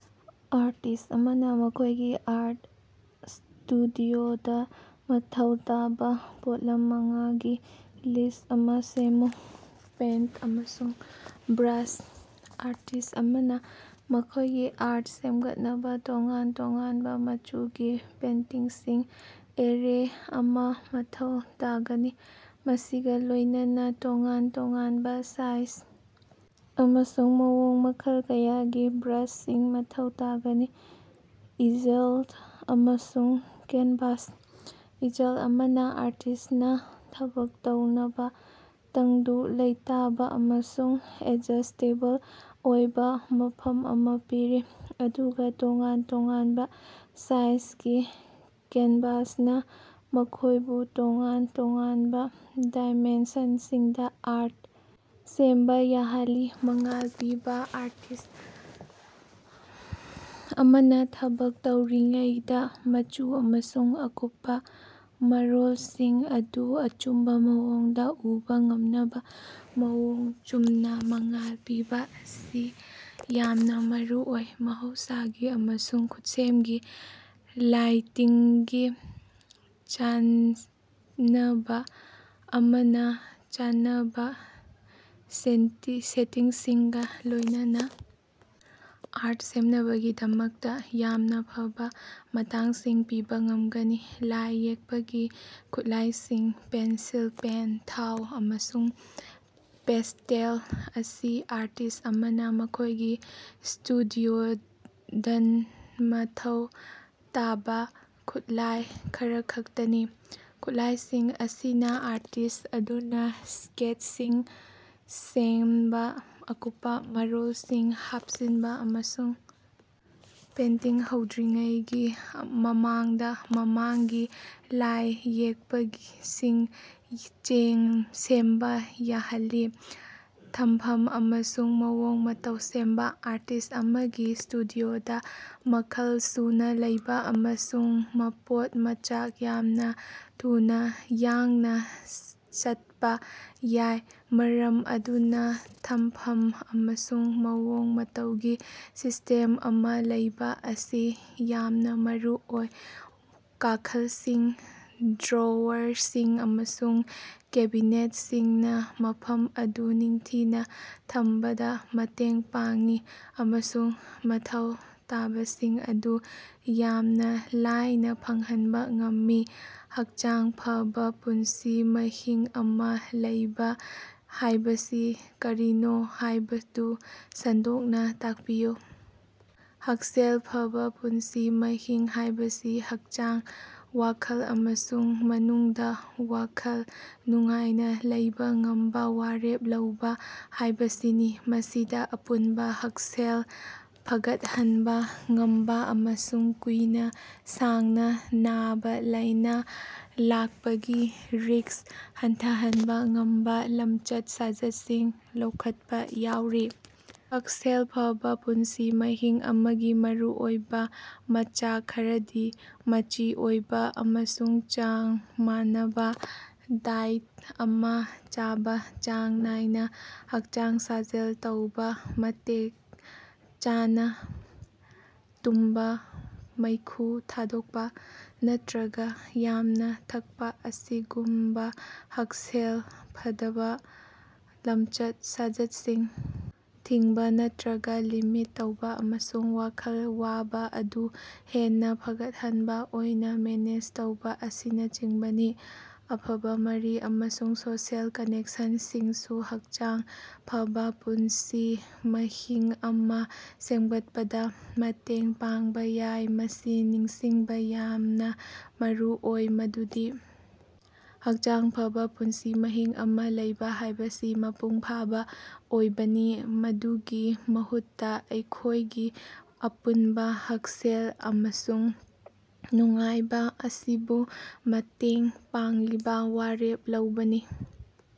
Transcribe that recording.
Artist ꯑꯃꯅ ꯃꯈꯣꯢꯒꯤ art ꯁꯇꯨꯗꯤꯑꯣꯗ ꯃꯊꯧ ꯇꯥꯕ ꯄꯣꯠꯂꯝ ꯃꯉꯥꯒꯤ ꯂꯤꯁ꯭ꯠ ꯑꯃ ꯁꯦꯝꯃꯨ꯫ ꯄꯦꯟꯇ ꯑꯃꯁꯨꯡ ꯕ꯭ꯔꯥꯁ: ꯑꯥꯔꯇꯤꯁ ꯑꯃꯅ ꯃꯈꯣꯢꯒꯤ ꯑꯥꯔꯠ ꯁꯦꯝꯒꯠꯅꯕ ꯇꯣꯉꯥꯟ ꯇꯣꯉꯥꯟꯕ ꯃꯆꯨꯒꯤ ꯄꯦꯟꯇꯤꯡꯁꯤꯡꯒꯤ ꯑꯦꯔꯦ ꯑꯃꯥ ꯃꯊꯧ ꯇꯥꯒꯅꯤ ꯃꯁꯤꯒ ꯂꯣꯢꯅꯅ ꯇꯣꯉꯥꯟ ꯇꯣꯉꯥꯟꯕ ꯁꯥꯏꯖ ꯑꯃꯁꯨꯡ ꯃꯑꯣꯡ ꯃꯈꯜ ꯀꯌꯥꯒꯤ ꯕ꯭ꯔꯥꯁꯁꯤꯡ ꯃꯊꯧ ꯇꯥꯒꯅꯤ꯫ ꯏꯖꯜ ꯑꯃꯁꯨꯡ ꯀꯦꯟꯚꯥꯁ: ꯏꯖꯜ ꯑꯃꯅ ꯑꯥꯔꯇꯤꯁꯅ ꯊꯕꯛ ꯇꯧꯅꯕ ꯇꯪꯗꯨ ꯂꯩꯇꯥꯕ ꯑꯃꯁꯨꯡ ꯑꯦꯗꯖꯁꯇꯦꯕꯜ ꯑꯣꯏꯕ ꯃꯐꯝ ꯑꯃ ꯄꯤꯔꯤ ꯑꯗꯨꯒ ꯇꯣꯉꯥꯟ ꯇꯣꯉꯥꯟꯕ ꯁꯥꯏꯖꯒꯤ ꯀꯦꯟꯚꯥꯁꯅ ꯃꯈꯣꯢꯕꯨ ꯇꯣꯉꯥꯟ ꯇꯣꯉꯥꯟꯕ ꯗꯥꯏꯃꯦꯟꯁꯟꯁꯤꯡꯗ ꯑꯥꯔꯠ ꯁꯦꯝꯕ ꯌꯥꯍꯜꯂꯤ꯫ ꯃꯉꯥꯜ ꯄꯤꯕꯥ: ꯑꯥꯔꯇꯤꯁ ꯑꯃꯅ ꯊꯕꯛ ꯇꯧꯔꯤꯉꯩꯗꯥ ꯃꯆꯨ ꯑꯃꯁꯨꯡ ꯑꯀꯨꯞꯄꯥ ꯃꯔꯣꯜꯁꯤꯡ ꯑꯗꯨ ꯑꯆꯨꯝꯕꯥ ꯃꯑꯣꯡꯗ ꯎꯕ ꯉꯝꯅꯕ ꯃꯑꯣꯡ ꯆꯨꯝꯅ ꯃꯉꯥꯜ ꯄꯤꯕ ꯑꯁꯤ ꯌꯥꯝꯅ ꯃꯔꯨꯑꯣꯏ꯫ ꯃꯍꯧꯁꯥꯒꯤ ꯑꯃꯁꯨꯡ ꯈꯨꯠꯁꯦꯝꯒꯤ ꯂꯥꯏꯇꯤꯡꯒꯤ ꯆꯥꯟꯅꯕ ꯑꯃꯅ ꯆꯥꯟꯅꯕ ꯁꯦꯝꯇꯤ ꯁꯦꯇꯤꯡꯁꯤꯡꯒ ꯂꯣꯢꯅꯅ ꯑꯥꯔꯠ ꯁꯦꯝꯅꯕꯒꯤꯗꯃꯛꯇ ꯌꯥꯝꯅ ꯐꯕ ꯃꯇꯥꯡꯁꯤꯡ ꯄꯤꯕꯥ ꯉꯝꯒꯅꯤ꯫ ꯂꯥꯏ ꯌꯦꯛꯄꯒꯤ ꯈꯨꯠꯂꯥꯏꯁꯤꯡ: ꯄꯦꯟꯁꯤꯜ, ꯄꯦꯟ, ꯊꯥꯎ, ꯑꯃꯁꯨꯡ ꯄꯦꯁꯇꯦꯜ ꯑꯁꯤ ꯑꯥꯔꯇꯤꯁ ꯑꯃꯅ ꯃꯈꯣꯢꯒꯤ ꯁ꯭ꯇꯨꯗꯤꯑꯣꯗꯟꯃꯊꯧ ꯇꯥꯕ ꯈꯨꯠꯂꯥꯏ ꯈꯔꯈꯛꯇꯅꯤ꯫ ꯈꯨꯠꯂꯥꯢꯁꯤꯡ ꯑꯁꯤꯅ ꯑꯥꯔꯇꯤꯁ ꯑꯗꯨꯅ ꯁ꯭ꯀꯦꯠꯁꯤꯡ ꯁꯦꯝꯕ ꯑꯀꯨꯞꯄ ꯃꯔꯣꯜꯁꯤꯡ ꯍꯥꯞꯆꯤꯟꯕ ꯑꯃꯁꯨꯡ ꯄꯦꯟꯇꯤꯡ ꯍꯧꯗ꯭ꯔꯤꯉꯩꯒꯤ ꯃꯃꯥꯡꯗ ꯃꯃꯥꯡꯒꯤ ꯂꯥꯏ ꯌꯦꯛꯄꯁꯤꯡ ꯆꯦꯡ ꯁꯦꯝꯕ ꯌꯥꯍꯜꯂꯤ꯫ ꯊꯝꯐꯝ ꯑꯃꯁꯨꯡ ꯃꯑꯣꯡ ꯃꯇꯧ ꯁꯦꯝꯕ: ꯑꯥꯔꯇꯤꯁ ꯑꯃꯒꯤ ꯁ꯭ꯇꯨꯗꯤꯑꯣꯗ ꯃꯈꯜ ꯁꯨꯅ ꯂꯩꯕ ꯑꯃꯁꯨꯡ ꯃꯄꯣꯠ ꯃꯆꯥꯛ ꯌꯥꯝꯅ ꯊꯨꯅ ꯌꯥꯡꯅ ꯆꯠꯄ ꯌꯥꯏ ꯃꯔꯝ ꯑꯗꯨꯅ ꯊꯝꯐꯝ ꯑꯃꯁꯨꯡ ꯃꯑꯣꯡ ꯃꯇꯧꯒꯤ ꯁꯤꯁꯇꯦꯝ ꯑꯃ ꯂꯩꯕꯥ ꯑꯁꯤ ꯌꯥꯝꯅ ꯃꯔꯨꯑꯣꯏ꯫ ꯀꯥꯈꯜꯁꯤꯡ, ꯗ꯭ꯔꯣꯋꯔꯁꯤꯡ ꯑꯃꯁꯨꯡ ꯀꯦꯕꯤꯅꯦꯠꯁꯤꯡꯅ ꯃꯐꯝ ꯑꯗꯨ ꯅꯤꯡꯊꯤꯅ ꯊꯝꯕꯗ ꯃꯇꯦꯡ ꯄꯥꯡꯏ ꯑꯃꯁꯨꯡ ꯃꯊꯧ ꯇꯥꯕꯁꯤꯡ ꯑꯗꯨ ꯌꯥꯝꯅ ꯂꯥꯏꯅ ꯐꯪꯍꯟꯕꯥ ꯉꯝꯃꯤ꯫ ꯍꯛꯆꯥꯡ ꯐꯕ ꯄꯨꯟꯁꯤ ꯃꯍꯤꯡ ꯑꯃ ꯂꯩꯕꯥ ꯍꯥꯢꯕꯁꯤ ꯀꯔꯤꯅꯣ ꯍꯥꯢꯕꯗꯨ ꯁꯟꯗꯣꯛꯅ ꯇꯥꯛꯄꯤꯌꯨ? ꯍꯛꯁꯦꯜ ꯐꯕꯥ ꯄꯨꯟꯁꯤ ꯃꯍꯤꯡ ꯍꯥꯢꯕꯁꯤ ꯍꯛꯆꯥꯡ, ꯋꯥꯈꯜ ꯑꯃꯁꯨꯡ ꯃꯅꯨꯡꯗ ꯋꯥꯈꯜ ꯅꯨꯡꯉꯥꯏꯅ ꯂꯩꯕꯥ ꯉꯝꯕ ꯋꯥꯔꯦꯞ ꯂꯧꯕꯥ ꯍꯥꯢꯕꯁꯤꯅꯤ꯫ ꯃꯁꯤꯗ ꯑꯄꯨꯟꯕ ꯍꯛꯁꯦꯜ ꯐꯒꯠꯍꯟꯕ ꯉꯝꯕ ꯑꯃꯁꯨꯡ ꯀꯨꯏꯅ ꯁꯥꯡꯅ ꯅꯥꯕ ꯂꯥꯢꯅꯥ ꯂꯥꯛꯄꯒꯤ ꯔꯤꯁ꯭ꯛ ꯍꯟꯊꯍꯟꯕ ꯉꯝꯕꯥ ꯂꯝꯆꯠ-ꯁꯥꯖꯠꯁꯤꯡ ꯂꯧꯈꯠꯄ ꯌꯥꯎꯔꯤ꯫ ꯍꯛꯁꯦꯜ ꯐꯕꯥ ꯄꯨꯟꯁꯤ ꯃꯍꯤꯡ ꯑꯃꯒꯤ ꯃꯔꯨꯑꯣꯏꯕ ꯃꯆꯥꯛ ꯈꯔꯗꯤ ꯃꯆꯤ ꯑꯣꯏꯕꯥ ꯑꯃꯁꯨꯡ ꯆꯥꯡ ꯃꯥꯟꯅꯕꯥ ꯗꯥꯏꯠ ꯑꯃꯥ ꯆꯥꯕ ꯆꯥꯡ ꯅꯥꯏꯅ ꯍꯛꯆꯥꯡ ꯁꯥꯖꯦꯜ ꯇꯧꯕꯥ, ꯃꯇꯤꯛ ꯆꯥꯅ ꯇꯨꯝꯕꯥ, ꯃꯩꯈꯨ ꯊꯥꯗꯣꯛꯄ ꯅꯠꯇꯔꯒ ꯌꯥꯝꯅ ꯊꯛꯄꯥ ꯑꯁꯤꯒꯨꯝꯕ ꯍꯛꯁꯦꯜ ꯐꯗꯕ ꯂꯝꯆꯠ-ꯁꯥꯖꯠꯁꯤꯡ ꯊꯤꯡꯕ ꯅꯠꯇꯔꯒ ꯂꯤꯃꯤꯠ ꯇꯧꯕꯥ ꯑꯃꯁꯨꯡ ꯋꯥꯈꯜ ꯋꯥꯕ ꯑꯗꯨ ꯍꯦꯟꯅ ꯐꯒꯠꯍꯟꯕ ꯑꯣꯏꯅ ꯃꯦꯅꯦꯖ ꯇꯧꯕꯥ ꯑꯁꯤꯅꯆꯤꯡꯕꯅꯤ꯫ ꯑꯐꯕ ꯃꯔꯤ ꯑꯃꯁꯨꯡ ꯁꯣꯁꯤꯑꯦꯜ ꯀꯅꯦꯛꯁꯟꯁꯤꯡꯁꯨ ꯍꯛꯆꯥꯡ ꯐꯕ ꯄꯨꯟꯁꯤ ꯃꯍꯤꯡ ꯑꯃ ꯁꯦꯝꯒꯠꯄꯗ ꯃꯇꯦꯡ ꯄꯥꯡꯕ ꯌꯥꯏ꯫ ꯃꯁꯤ ꯅꯤꯡꯁꯤꯡꯕ ꯌꯥꯝꯅ ꯃꯔꯨꯑꯣꯏ ꯃꯗꯨꯗꯤ ꯍꯛꯆꯥꯡ ꯐꯕ ꯄꯨꯟꯁꯤ ꯃꯍꯤꯡ ꯑꯃ ꯂꯩꯕꯥ ꯍꯥꯢꯕꯁꯤ ꯃꯄꯨꯡ ꯐꯥꯕ ꯑꯣꯏꯕꯅꯤ ꯃꯗꯨꯒꯤ ꯃꯍꯨꯠꯇ ꯑꯩꯈꯣꯢꯒꯤ ꯑꯄꯨꯟꯕ ꯍꯛꯁꯦꯜ ꯑꯃꯁꯨꯡ ꯅꯨꯡꯉꯥꯏꯕ ꯑꯁꯤꯕꯨ ꯃꯇꯦꯡ ꯄꯥꯡꯂꯤꯕ ꯋꯥꯔꯦꯞ ꯂꯧꯕꯅꯤ꯫